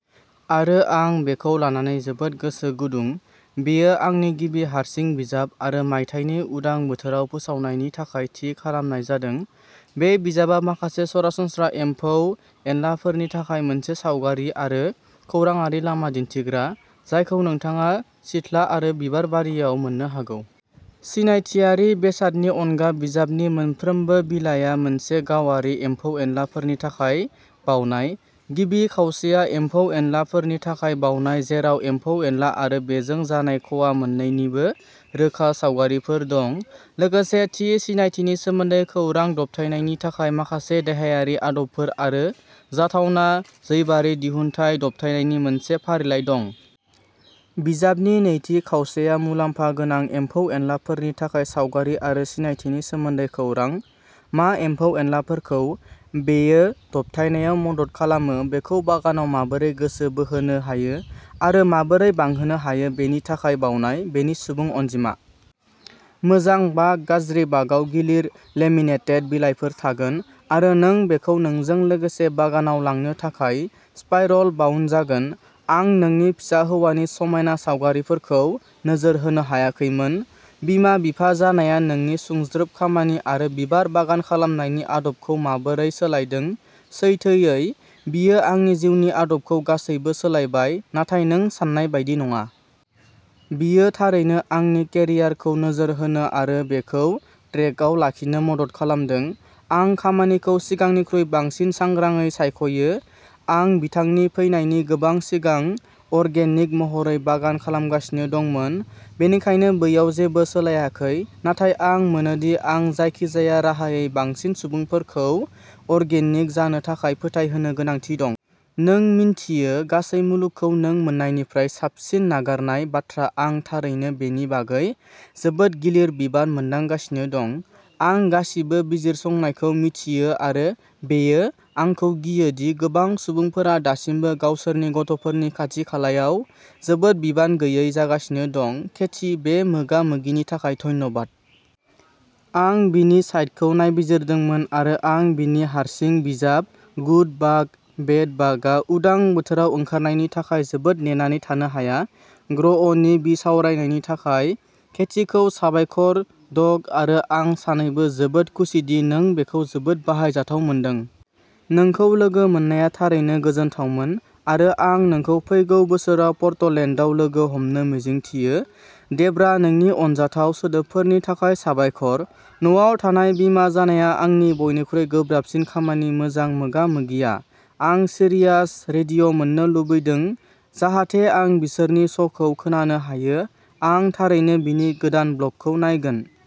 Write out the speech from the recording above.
आरो आं बेखौ लानानै जोबोद गोसो गुदुं बेयो आंनि गिबि हारसिं बिजाब आरो मायथाइनि उदां बोथोराव फोसावनायनि थाखाय थि खालामनाय जादों। बे बिजाबआ माखासे सरासनस्रा एम्फौ-एनलाफोरनि थाखाय मोनसे सावगारि आरो खौरांआरि लामा दिन्थिग्रा, जायखौ नोंथाङा सिथ्ला आरो बिबारबारियाव मोन्नो हागौ। सिनायथियारि बेसादनि अनगा, बिजाबनि मोनफ्रोमबो बिलाइया मोनसे गावारि एम्फौ-एनलाफोरनि थाखाय बावनाय। गिबि खावसेया एम्फौ-एनला फोरनि थाखाय बावनाय, जेराव एम्फौ-एनला आरो बेजों जानाय खहा मोन्नैनिबो रोखा सावगारिफोर दं, लोगोसे थि सिनायथिनि सोमोन्दै खौरां, दबथायनायनि थाखाय माखासे देहायारि आदबफोर, आरो जाथावना जैबारि दिहुनथाय दबथायनायनि मोनसे फारिलाइ दं। बिजाबनि नैथि खावसेया मुलाम्फा गोनां एम्फौ-एनलाफोरनि थाखाय सावगारि आरो सिनायथिनि सोमोन्दै खौरां, मा एम्फौ-एनलाफोरखौ बेयो दबथायनायाव मदद खालामो, बेखौ बागानाव माबोरै गोसो बोहोनो हायो आरो माबोरै बांहोनो हायो, बेनि थाखाय बावनाय। बेनि सुबुं अनजिमा। मोजां बाग, गाज्रि बागआव गिलिर लेमिनेटेड बिलाइफोर थागोन आरो नों बेखौ नोंजों लोगोसे बागानाव लांनो थाखाय स्पाइरल बाउन्ड जागोन। आं नोंनि फिसा हौवानि समायना सावगारिफोरखौ नोजोर होनो हायाखैमोन। बिमा-बिफा जानाया नोंनि सुंज्रोब खामानि आरो बिबार बागान खालामनायनि आदबखौ माबोरै सोलायदों सैथोयै, बियो आंनि जिउनि आदबखौ गासैबो सोलायबाय नाथाय नों सान्नाय बायदि नङा। बियो थारैनो आंनि केरियारखौ नोजोर होनो आरो बेखौ ट्रेकआव लाखिनो मदद खालामदों। आं खामानिखौ सिगांनिख्रुइ बांसिन सांग्राङै सायख'यो । आं बिथांनि फैनायनि गोबां सिगां अर्गेनिक महरै बागान खालामगासिनो दंमोन बेनिखायनो बैयाव जेबो सोलायाखै, नाथाय आं मोनोदि आं जायखिजाया राहायै बांसिन सुबुंफोरखौ अर्गेनिक जानो थाखाय फोथायहोनो गोनांथि दं। नों मिन्थियो, गासै मुलुगखौ नों मोन्नायनिफ्राय साबसिन नागारनाय बाथ्रा आं थारैनो बेनि बागै जोबोद गिलिर बिबान मोनदांगासिनो दं। आं गासिबो बिजिरसंनायखौ मिथियो आरो बेयो आंखौ गियो दि गोबां सुबुंफोरा दासिमबो गावसोरनि गथ'फोरनि खाथि-खालायाव जोबोद बिबान गैयै जागासिनो दं केथी, बे मोगा मोगिनि थाखाय धन्यबाद। आं बिनि साइटखौ नायबिजिरदोंमोन आरो आं बिनि हारसिं बिजाब गुड बाग, बेड बागआ उदां बोथोराव ओंखारनायनि थाखाय जोबोद नेनानै थानो हाया ग्र'अ'नि बिसावरायनायनि थाखाय केथीखौ साबायखर डग आरो आं सानैबो जोबोद खुसिदि नों बेखौ जोबोद बाहायजाथाव मोनदों। नोंखौ लोगो मोननाया थारैनो गोजोनथावमोन आरो आं नोंखौ फैगौ बोसोराव पर्टलेन्डआव लोगो हमनो मिजिंथियो। डेब्रा, नोंनि अनजाथाव सोदोबफोरनि थाखाय साबायखर। न'आव थानाय' बिमा जानाया आंनि बयनिख्रुइ गोब्राबसिन खामानि मोजां मोगा-मोगिआ। आं सिरियास रेडिय' मोन्नो लुबैदों जाहाथे आं बिसोरनि श'खौ खोनानो हायो। आं थारैनो बिनि गोदान ब्लगखौ नायगोन।